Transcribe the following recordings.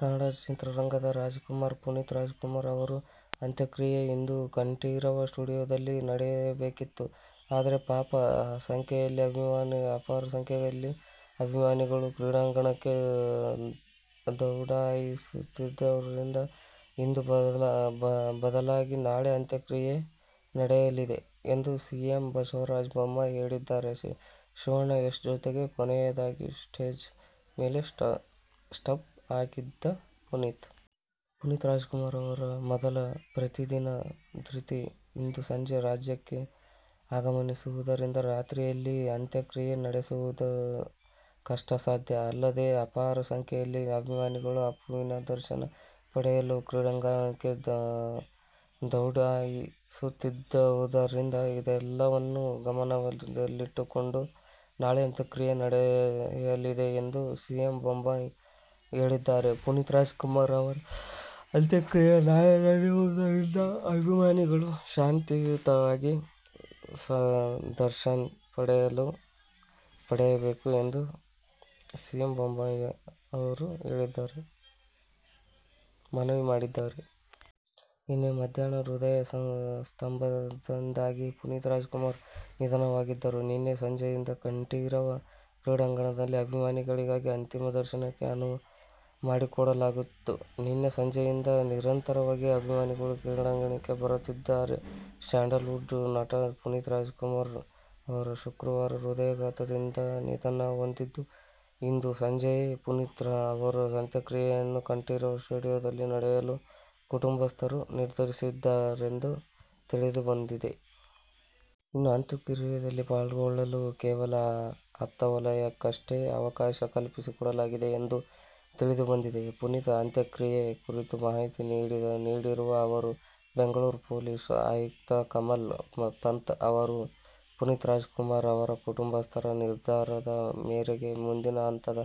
ಕನ್ನಡ ಚಿತ್ರರಂಗದ ರಾಜಕುಮಾರ ಪುನೀತ್ ರಾಜಕುಮಾರ್ ಅವರ ಅಂತ್ಯಕ್ರಿಯೆ ಇಂದು ಕಂಠೀರವ ಸ್ಟುಡಿಯೋದಲ್ಲಿ ನಡೆಯಬೇಕಿತ್ತು. ಆದರೆ ಅಪಾರ ಸಂಖ್ಯೆಯಲ್ಲಿ ಅಭಿಮಾನಿಗಳು ಕ್ರೀಡಾಂಗಣಕ್ಕೆ ದೌಡಾಯಿಸುತ್ತಿರುವುದರಿಂದ ಇಂದು ಬದಲಾಗಿ ನಾಳೆ ಅಂತ್ಯಕ್ರಿಯೆ ನಡೆಯಲಿದೆ ಎಂದು ಸಿಎಂ ಬಸವರಾಜ ಬೊಮ್ಮಾಯಿ ಹೇಳಿದ್ದಾರೆ. ಶಿವಣ್ಣ, ಯಶ್ ಜೊತೆ ಕೊನೆಯದಾಗಿ ಸ್ಟೇಜ್ ಮೇಲೆ ಸ್ಟೆಪ್ ಹಾಕಿದ್ದ ಪುನೀತ್! ಪುನೀತ್ ರಾಜಕುಮಾರ್ ಅವರ ಮೊದಲ ಪುತ್ರಿ ದ್ರಿತಿ ಇಂದು ಸಂಜೆ ರಾಜ್ಯಕ್ಕೆ ಆಗಮಿಸುವುದರಿಂದ ರಾತ್ರಿಯಲ್ಲಿ ಅಂತ್ಯಕ್ರಿಯೆ ನಡೆಸುವುದು ಕಷ್ಟಸಾಧ್ಯ. ಅಲ್ಲದೆ ಅಪಾರ ಸಂಖ್ಯೆಯಲ್ಲಿ ಅಭಿಮಾನಿಗಳು ಅಪ್ಪುವಿನ ದರ್ಶನ ಪಡೆಯಲು ಕ್ರೀಡಾಂಗಣಕ್ಕೆ ದೌಡಾಯಿಸುತ್ತಿರುವುದರಿಂದ ಇದೆಲ್ಲವನ್ನು ಗಮನದಲ್ಲಿಟ್ಟುಕೊಂಡು ನಾಳೆ ಅಂತ್ಯಕ್ರಿಯೆ ನಡೆಯಲಿದೆ ಎಂದು ಸಿಎಂ ಬೊಮ್ಮಾಯಿ ಹೇಳಿದ್ದಾರೆ. ಪುನೀತ್ ರಾಜಕುಮಾರ್ ಅವರ ಅಂತ್ಯಕ್ರಿಯೆ ನಾಳೆ ನಡೆಯುವುದರಿಂದ ಅಭಿಮಾನಿಗಳು ಶಾಂತಿಯುತವಾಗಿ ದರ್ಶನ ಪಡೆಯಬೇಕು ಎಂದು ಸಿಎಂ ಬೊಮ್ಮಾಯಿ ಮನವಿ ಮಾಡಿದ್ದಾರೆ. ನಿನ್ನೆ ಮಧ್ಯಾಹ್ನ ಹೃದಯ ಸ್ತಂಭನದಿಂದಾಗಿ ಪುನೀತ್ ರಾಜಕುಮಾರ್ ನಿಧನರಾಗಿದ್ದರು. ನಿನ್ನೆ ಸಂಜೆಯಿಂದ ಕಂಠೀರವ ಕ್ರೀಡಾಂಗಣದಲ್ಲಿ ಅಭಿಮಾನಿಗಳಿಗಾಗಿ ಅಂತಿಮ ದರ್ಶನಕ್ಕೆ ಅನುವು ಮಾಡಿಕೊಡಲಾಗಿತ್ತು. ನಿನ್ನೆ ಸಂಜೆಯಿಂದ ನಿರಂತರವಾಗಿ ಅಭಿಮಾನಿಗಳು ಕ್ರೀಡಾಂಗಣಕ್ಕೆ ಬರುತ್ತಿದ್ದಾರೆ. ಸ್ಯಾಂಡಲ್ವುಡ್ ನಟ ಪುನೀತ್ ರಾಜ್ಕುಮಾರ್ ಅವರು ಶುಕ್ರವಾರ ಹೃದಯಘಾತದಿಂದ ನಿಧನ ಹೊಂದಿದ್ದು, ಇಂದು ಸಂಜೆಯೇ ಪುನೀತ್ ಅವರ ಅಂತ್ಯಕ್ರಿಯೆಯನ್ನು ಕಂಠೀರವ ಸ್ಟೇಡಿಯಂನಲ್ಲಿ ನಡೆಸಲು ಕುಟುಂಬಸ್ಥರು ನಿರ್ಧರಿಸಿದ್ದಾರೆಂದು ತಿಳಿದುಬಂದಿದೆ. ಇನ್ನೂ ಅಂತ್ಯಕ್ರಿಯೆಯಲ್ಲಿ ಪಾಲ್ಗೊಳ್ಳಲು ಕೇವಲ ಆಪ್ತವಲಯಕ್ಕಷ್ಟೇ ಅವಕಾಶ ಕಲ್ಪಿಸಿಕೊಡಲಾಗಿದೆ ಎಂದು ತಿಳಿದುಬಂದಿದೆ. ಪುನೀತ್ ಅಂತ್ಯಕ್ರಿಯೆ ಕುರಿತು ಮಾಹಿತಿ ನೀಡಿರುವ ಅವರು ಬೆಂಗಳೂರು ಪೊಲೀಸ್ ಆಯುಕ್ತ ಕಮಲ್ ಪಂತ್ ಅವರು, ಪುನೀತ್ ರಾಜ್ ಕುಮಾರ್ ಅವರ ಕುಟುಂಬಸ್ಥರ ನಿರ್ಧಾರದ ಮೇರೆಗೆ ಮುಂದಿನ ಹಂತದ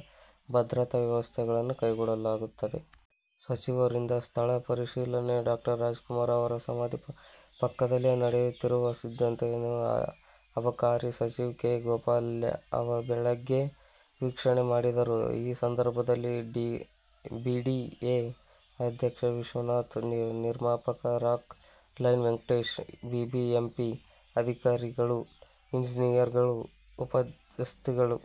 ಭದ್ರತಾ ವ್ಯವಸ್ಥೆಗಳನ್ನು ಕೈಗೊಳ್ಳಲಾಗುತ್ತಿದೆ. ಸಚಿವರಿಂದ ಸ್ಥಳ ಪರಿಶೀಲನೆ ಡಾ. ರಾಜ್ ಕುಮಾರ್ ಅವರ ಸಮಾಧಿ ಪಕ್ಕದಲ್ಲೇ ನಡೆಯುತ್ತಿರುವ ಸಿದ್ಧತೆಯನ್ನು ಅಬಕಾರಿ ಸಚಿವ ಕೆ. ಗೋಪಾಲಯ್ಯ ಬೆಳಿಗ್ಗೆ ವೀಕ್ಷಣೆ ಮಾಡಿದರು. ಈ ಸಂದರ್ಭದಲ್ಲಿ ಬಿಡಿಎ ಅಧ್ಯಕ್ಷ ವಿಶ್ವನಾಥ್, ನಿರ್ಮಾಪಕ ರಾಕ್ ಲೈನ್ ವೆಂಕಟೇಶ್, ಬಿಬಿಎಂಪಿ ಅಧಿಕಾರಿಗಳು, ಇಂಜಿನಿಯರ್ ಗಳು ಉಪಸ್ಥಿತರಿದ್ದರು.